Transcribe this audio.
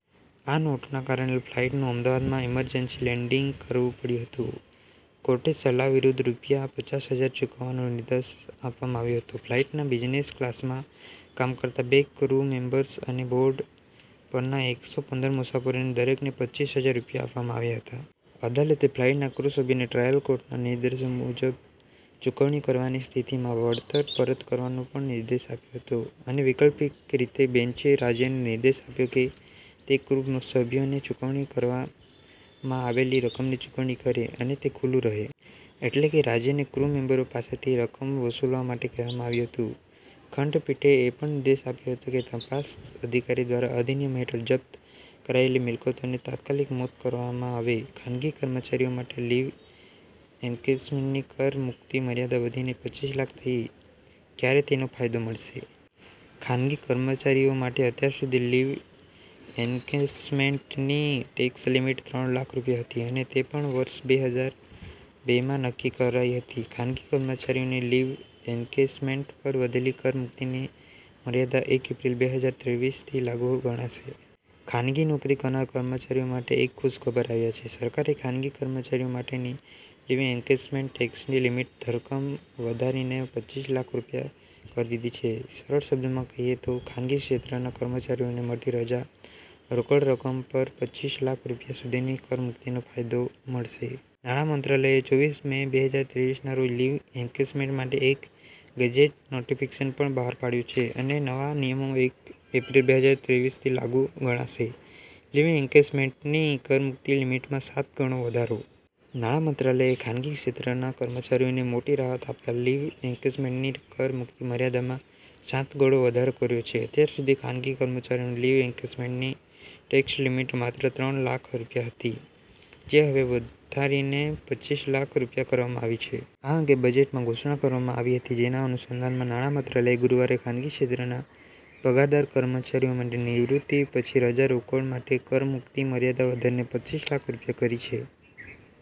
આ નોટના કારણે ફ્લાઈટનું અમદાવાદમાં ઈમરજન્સી લેન્ડિંગ કરવું પડ્યું હતું. કોર્ટે સલ્લા વિરુદ્ધ રૂપિયા પચાસ હજાર ચૂકવવાનો નિર્દેશ આપવામાં આવ્યો હતો. ફ્લાઇટના બિઝનેસ ક્લાસમાં કામ કરતા બે ક્રૂ મેમ્બર્સ અને બોર્ડ પરના એકસો પંદર મુસાફરોને દરેકને પચ્ચીસ હજાર રૂપિયા આપવામાં આવ્યા હતા. અદાલતે ફ્લાઇટના ક્રૂ સભ્યોને ટ્રાયલ કોર્ટના નિર્દેશો મુજબ ચૂકવણી કરવાની સ્થિતિમાં વળતર પરત કરવાનો પણ નિર્દેશ આપ્યો હતો અને વૈકલ્પિક રીતે, બેન્ચે રાજ્યને નિર્દેશ આપ્યો કે, તે "ક્રુ સભ્યોને ચૂકવણી કરવામાં આવેલી રકમની ચૂકવણી કરે, અને તે ખુલ્લું રહે." એટેલે કે, રાજ્યને ક્રૂ મેમ્બરો પાસેથી રકમ વસૂલવા માટે કહેવામાં આવ્યું હતું. ખંડપીઠે એ પણ દેશ આપ્યો હતો કે, તપાસ અધિકારી દ્વારા અધિનિયમ હેઠળ જપ્ત કરાયેલી મિલકતોને "તાત્કાલિક મુક્ત કરવામાં આવે". ખાનગી કર્મચારીઓ માટે લીવ એન્કેશમેન્ટની કર મુક્તિ મર્યાદા વધીને પચ્ચીસ લાખ થઇ, ક્યારે તેનો ફાયદો મળશે? ખાનગી કર્મચારીઓ માટે અત્યાર સુધી લીવ એન્કેશમેન્ટની ટેક્સ લિમિટ ત્રણ લાખ રૂપિયા હતી અને તે પણ વર્ષ બે હજાર બેમાં નક્કી કરાઇ હતી. ખાનગી કર્મચારીઓની લીવ એન્કેશમેન્ટ પર વધેલી કર મુક્તિની મર્યાદા એક એપ્રિલ, બે હજાર ત્રેવીસથી લાગુ ગણાશે. ખાનગી નોકરી કરનાર કર્મચારીઓ માટે એક ખુશ ખબર આવ્યા છે. સરકારે ખાનગી કર્મચારીઓ માટેની એની એન્કેશમેન્ટ ટેક્સની લિમિટ ધરખમ વધારીને પચ્ચીસ લાખ રૂપિયા કરી દી છે. સરળ શબ્દોમાં કહીયે તો ખાનગી ક્ષેત્રના કર્મચારીઓને મળતી રજા રોકડ રકમ પર પચ્ચીસ લાખ રૂપિયા સુધીની કર મુક્તિનો ફાયદો મળશે. નાણા મંત્રાલયે ચોવીસ મે બેહજાર ત્રેવીસના રોજ લીવ એન્કેશમેન્ટ માટે એક ગેઝેટ નોટિફિકશન પણ બહાર પાડ્યું છે અને નવા નિયમો એક એપ્રિ, બેહજાર ત્રેવીસથી લાગુ ગણાશે. લીવ એન્કેશમેન્ટની કર મુક્તિ લિમિટમાં સાત ગણો વધારો. નાણાં મંત્રાલયે ખાનગી ક્ષેત્રના કર્મચારીઓને મોટી રાહત આપતા લીવ એન્કેશમેન્ટની કર મુક્તિ મર્યાદામાં સાત ગળો વધારો કર્યો છે. અત્યાર સુધી ખાનગી કર્મચારીઓ લીવ એન્કેશમેન્ટની ટેક્સ લિમિટ માત્ર ત્રણ લાખ રૂપિયા હતી, જે હવે વધારીને પચ્ચીસ લાખ રૂપિયા કરવામાં આવી છે. આ અંગે બજેટમાં ઘોષણા કરવામાં આવી હતી. જેના અનુસંધાનમાં નાણા મંત્રાલયે ગુરુવારે ખાનગી ક્ષેત્રના પગારદાર કર્મચારીઓ માટે નિવૃત્તિ પછી રજા રોકડ માટે કર મુક્તિ મર્યાદા વધારીને પચ્ચીસ લાખ રૂપિયા કરી છે.